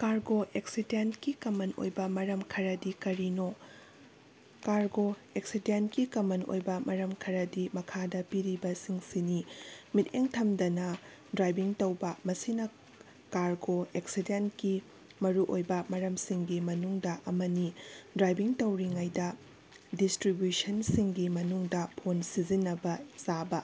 Cargo ꯑꯦꯛꯁꯤꯗꯦꯟꯇꯀꯤ common ꯑꯣꯏꯕ ꯃꯔꯝ ꯈꯔꯗꯤ ꯀꯔꯤꯅꯣ? ꯀꯥꯔꯒꯣ ꯑꯦꯛꯁꯤꯗꯦꯟꯇꯀꯤ ꯀꯃꯟ ꯑꯣꯏꯕ ꯃꯔꯝ ꯈꯔꯗꯤ ꯃꯈꯥꯗ ꯄꯤꯔꯤꯕꯁꯤꯡꯁꯤꯅꯤ: ꯃꯤꯠꯌꯦꯡ ꯊꯝꯗꯅ ꯗ꯭ꯔꯥꯏꯚꯤꯡ ꯇꯧꯕ: ꯃꯁꯤꯅ ꯀꯥꯔꯒꯣ ꯑꯦꯛꯁꯤꯗꯦꯟꯇꯀꯤ ꯃꯔꯨꯑꯣꯏꯕ ꯃꯔꯝꯁꯤꯡꯒꯤ ꯃꯅꯨꯡꯗ ꯑꯃꯅꯤ꯫ ꯗ꯭ꯔꯥꯏꯚꯤꯡ ꯇꯧꯔꯤꯉꯩꯗ ꯗꯤꯁꯇ꯭ꯔꯤꯕ꯭ꯌꯨꯁꯟꯁꯤꯡꯒꯤ ꯃꯅꯨꯡꯗ ꯐꯣꯟ ꯁꯤꯖꯤꯟꯅꯕ, ꯆꯥꯕ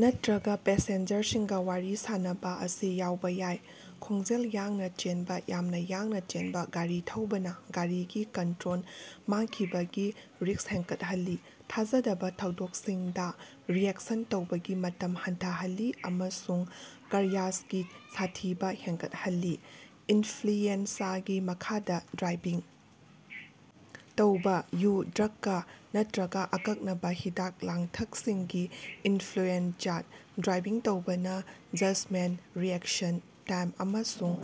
ꯅꯠꯇ꯭ꯔꯒ ꯄꯦꯁꯦꯟꯖꯔꯁꯤꯡꯒ ꯋꯥꯔꯤ ꯁꯥꯅꯕ ꯑꯁꯤ ꯌꯥꯎꯕ ꯌꯥꯏ꯫ ꯈꯣꯡꯖꯦꯜ ꯌꯥꯡꯅ ꯆꯦꯟꯕ: ꯌꯥꯝꯅ ꯌꯥꯡꯅ ꯆꯦꯟꯕ ꯒꯥꯔꯤ ꯊꯧꯕꯅ ꯒꯥꯔꯤꯒꯤ ꯀꯟꯇ꯭ꯔꯣꯜ ꯃꯥꯡꯈꯤꯕꯒꯤ ꯔꯤꯁ꯭ꯛ ꯍꯦꯟꯒꯠꯍꯜꯂꯤ, ꯊꯥꯖꯗꯕ ꯊꯧꯗꯣꯛꯁꯤꯡꯗ ꯔꯤꯑꯦꯛꯁꯟ ꯇꯧꯕꯒꯤ ꯃꯇꯝ ꯍꯟꯊꯍꯜꯂꯤ ꯑꯃꯁꯨꯡ ꯀ꯭ꯔꯌꯥꯁꯀꯤ ꯁꯥꯊꯤꯕ ꯍꯦꯟꯒꯠꯍꯜꯂꯤ꯫ ꯏꯟꯐ꯭ꯂꯨꯑꯦꯟꯖꯥꯒꯤ ꯃꯈꯥꯗ ꯗ꯭ꯔꯥꯏꯚꯤꯡ ꯇꯧꯕꯥ: ꯌꯨ, ꯗ꯭ꯔꯒ ꯅꯠꯇ꯭ꯔꯒ ꯑꯀꯛꯅꯕ ꯍꯤꯗꯥꯛ-ꯂꯥꯡꯊꯛꯁꯤꯡꯒꯤ ꯏꯟꯐ꯭ꯂꯨꯑꯦꯟꯖꯥꯗ ꯗ꯭ꯔꯥꯏꯚꯤꯡ ꯇꯧꯕꯅ ꯖꯖꯃꯦꯟꯇ, ꯔꯤꯑꯦꯛꯁꯟ ꯇꯥꯏꯝ ꯑꯃꯁꯨꯡ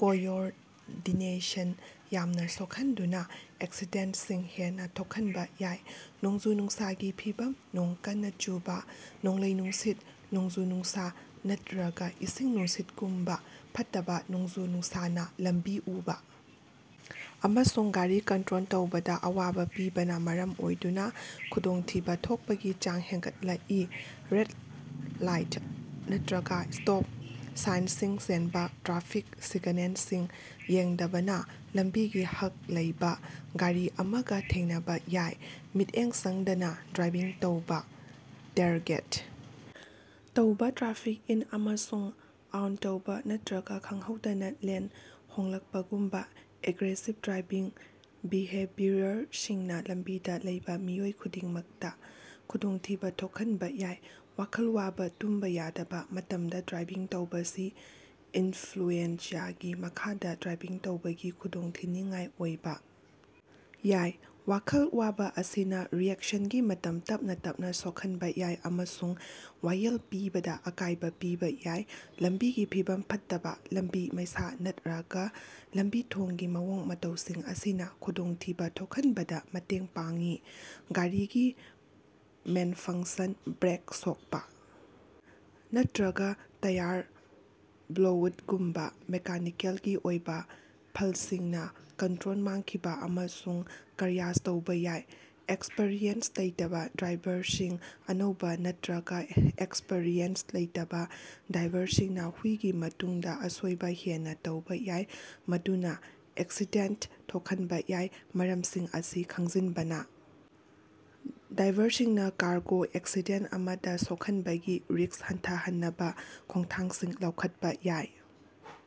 ꯀꯣꯑꯣꯔꯗꯤꯅꯦꯁꯟꯗ ꯌꯥꯝꯅ ꯁꯣꯛꯍꯟꯗꯨꯅ ꯑꯦꯛꯁꯤꯗꯦꯟꯇꯁꯤꯡ ꯍꯦꯟꯅ ꯊꯣꯛꯍꯟꯕ ꯌꯥꯏ꯫ ꯅꯣꯡꯖꯨ-ꯅꯨꯡꯁꯥꯒꯤ ꯐꯤꯚꯝ: ꯅꯣꯡ ꯀꯟꯅ ꯆꯨꯕ, ꯅꯣꯡꯂꯩ-ꯅꯨꯡꯁꯤꯠ, ꯅꯣꯡꯖꯨ-ꯅꯨꯡꯁꯥ, ꯅꯠꯇ꯭ꯔꯒ ꯏꯁꯤꯡ-ꯅꯨꯡꯁꯤꯠꯒꯨꯝꯕ ꯐꯠꯇꯕ ꯅꯣꯡꯖꯨ-ꯅꯨꯡꯁꯥꯅ ꯂꯝꯕꯤ ꯎꯕ ꯑꯃꯁꯨꯡ ꯒꯥꯔꯤ ꯀꯟꯇ꯭ꯔꯣꯜ ꯇꯧꯕꯗ ꯑꯋꯥꯕ ꯄꯤꯕꯅ ꯃꯔꯝ ꯑꯣꯏꯗꯨꯅ ꯈꯨꯗꯣꯡꯊꯤꯕ ꯊꯣꯛꯄꯒꯤ ꯆꯥꯡ ꯍꯦꯟꯒꯠꯂꯛꯏ꯫ ꯔꯦꯗ ꯂꯥꯏꯠ ꯅꯠꯇ꯭ꯔꯒ ꯁ꯭ꯇꯣꯞ ꯁꯥꯏꯟꯁꯤꯡ ꯆꯦꯟꯕ: ꯇ꯭ꯔꯥꯐꯤꯛ ꯁꯤꯒꯅꯦꯜꯁꯤꯡ ꯌꯦꯡꯗꯕꯅ ꯂꯝꯕꯤꯒꯤ ꯍꯛ ꯂꯩꯕ ꯒꯥꯔꯤ ꯑꯃꯒ ꯊꯦꯡꯅꯕ ꯌꯥꯏ꯫ ꯃꯤꯠꯌꯦꯡ ꯆꯪꯗꯅ ꯗ꯭ꯔꯥꯏꯚꯤꯡ ꯇꯧꯕ: ꯇꯦꯔꯒꯦꯠ ꯇꯧꯕ, ꯇ꯭ꯔꯥꯐꯤꯛ ꯏꯟ ꯑꯃꯁꯨꯡ ꯑꯥꯎꯠ ꯇꯧꯕ ꯅꯠꯇ꯭ꯔꯒ ꯈꯪꯍꯧꯗꯅ ꯂꯦꯟ ꯍꯣꯡꯂꯛꯄꯒꯨꯝꯕ ꯑꯦꯒ꯭ꯔꯦꯁꯤꯚ ꯗ꯭ꯔꯥꯏꯚꯤꯡ ꯕꯤꯍꯦꯕꯤꯌꯔꯁꯤꯡꯅ ꯂꯝꯕꯤꯗ ꯂꯩꯕ ꯃꯤꯑꯣꯏ ꯈꯨꯗꯤꯡꯃꯛꯇ ꯈꯨꯗꯣꯡꯊꯤꯕ ꯊꯣꯛꯍꯟꯕ ꯌꯥꯏ꯫ ꯋꯥꯈꯜ ꯋꯥꯕ: ꯇꯨꯝꯕ ꯌꯥꯗꯕ ꯃꯇꯝꯗ ꯗ꯭ꯔꯥꯏꯚꯤꯡ ꯇꯧꯕꯁꯤ ꯏꯟꯐ꯭ꯂꯨꯑꯦꯟꯖꯥꯒꯤ ꯃꯈꯥꯗ ꯗ꯭ꯔꯥꯏꯚꯤꯡ ꯇꯧꯕꯒꯨꯝꯅ ꯈꯨꯗꯣꯡꯊꯤꯅꯤꯉꯥꯏ ꯑꯣꯏꯕ ꯌꯥꯏ꯫ ꯋꯥꯈꯜ ꯋꯥꯕ ꯑꯁꯤꯅ ꯔꯤꯑꯦꯛꯁꯟꯒꯤ ꯃꯇꯝ ꯇꯞꯅ ꯇꯞꯅ ꯁꯣꯛꯍꯟꯕ ꯌꯥꯏ ꯑꯃꯁꯨꯡ ꯋꯥꯌꯦꯜ ꯄꯤꯕꯗ ꯑꯀꯥꯌꯕ ꯄꯤꯕ ꯌꯥꯏ꯫ ꯂꯝꯕꯤꯒꯤ ꯐꯤꯚꯝ ꯐꯠꯇꯕ: ꯂꯝꯕꯤ, ꯃꯩꯁꯥ, ꯅꯠꯇ꯭ꯔꯒꯥ ꯂꯝꯕꯤ-ꯊꯣꯡꯒꯤ ꯃꯑꯣꯡ-ꯃꯇꯧꯁꯤꯡ ꯑꯁꯤꯅ ꯈꯨꯗꯣꯡꯊꯤꯕ ꯊꯣꯛꯍꯟꯕꯗ ꯃꯇꯦꯡ ꯄꯥꯡꯏ꯫ ꯒꯥꯔꯤꯒꯤ ꯃꯦꯟꯐꯪꯁꯟ: ꯕ꯭ꯔꯦꯛ ꯁꯣꯛꯄ ꯅꯠꯇ꯭ꯔꯒ ꯇꯌꯥꯔ ꯕ꯭ꯂꯣꯎꯠꯒꯨꯝꯕ ꯃꯦꯀꯥꯅꯤꯀꯦꯜꯒꯤ ꯑꯣꯏꯕ ꯐꯜꯁꯤꯡꯅ ꯀꯟꯇ꯭ꯔꯣꯜ ꯃꯥꯡꯈꯤꯕ ꯑꯃꯁꯨꯡ ꯀ꯭ꯔꯌꯥꯁ ꯇꯧꯕ ꯌꯥꯏ꯫ ꯑꯦꯛꯁꯄꯤꯔꯤꯑꯦꯟꯁ ꯂꯩꯇꯕ ꯗ꯭ꯔꯥꯏꯚꯔꯁꯤꯡ: ꯑꯅꯧꯕ ꯅꯠꯇ꯭ꯔꯒ ꯑꯦꯛꯁꯄꯤꯔꯤꯑꯦꯟꯁ ꯂꯩꯇꯕ ꯗ꯭ꯔꯥꯏꯚꯔꯁꯤꯡꯅ ꯍꯨꯏꯒꯤ ꯃꯇꯨꯡꯗ ꯑꯁꯣꯏꯕ ꯍꯦꯟꯅ ꯇꯧꯕ ꯌꯥꯏ ꯃꯗꯨꯅ ꯑꯦꯛꯁꯤꯗꯦꯟꯇ ꯊꯣꯜꯍꯟꯕ ꯌꯥꯏ꯫ ꯃꯔꯝꯁꯤꯡ ꯑꯁꯤ ꯈꯪꯖꯤꯟꯕꯅ ꯗ꯭ꯔꯥꯏꯚꯔꯁꯤꯡꯅ ꯀꯥꯔꯒꯣ ꯑꯦꯛꯁꯤꯗꯦꯟꯇ ꯑꯃꯗ ꯁꯣꯛꯍꯟꯕꯒꯤ ꯔꯤꯁ꯭ꯛ ꯍꯟꯊꯍꯟꯅꯕ ꯈꯣꯡꯊꯥꯡꯁꯤꯡ ꯂꯧꯈꯠꯄ ꯌꯥꯏ꯫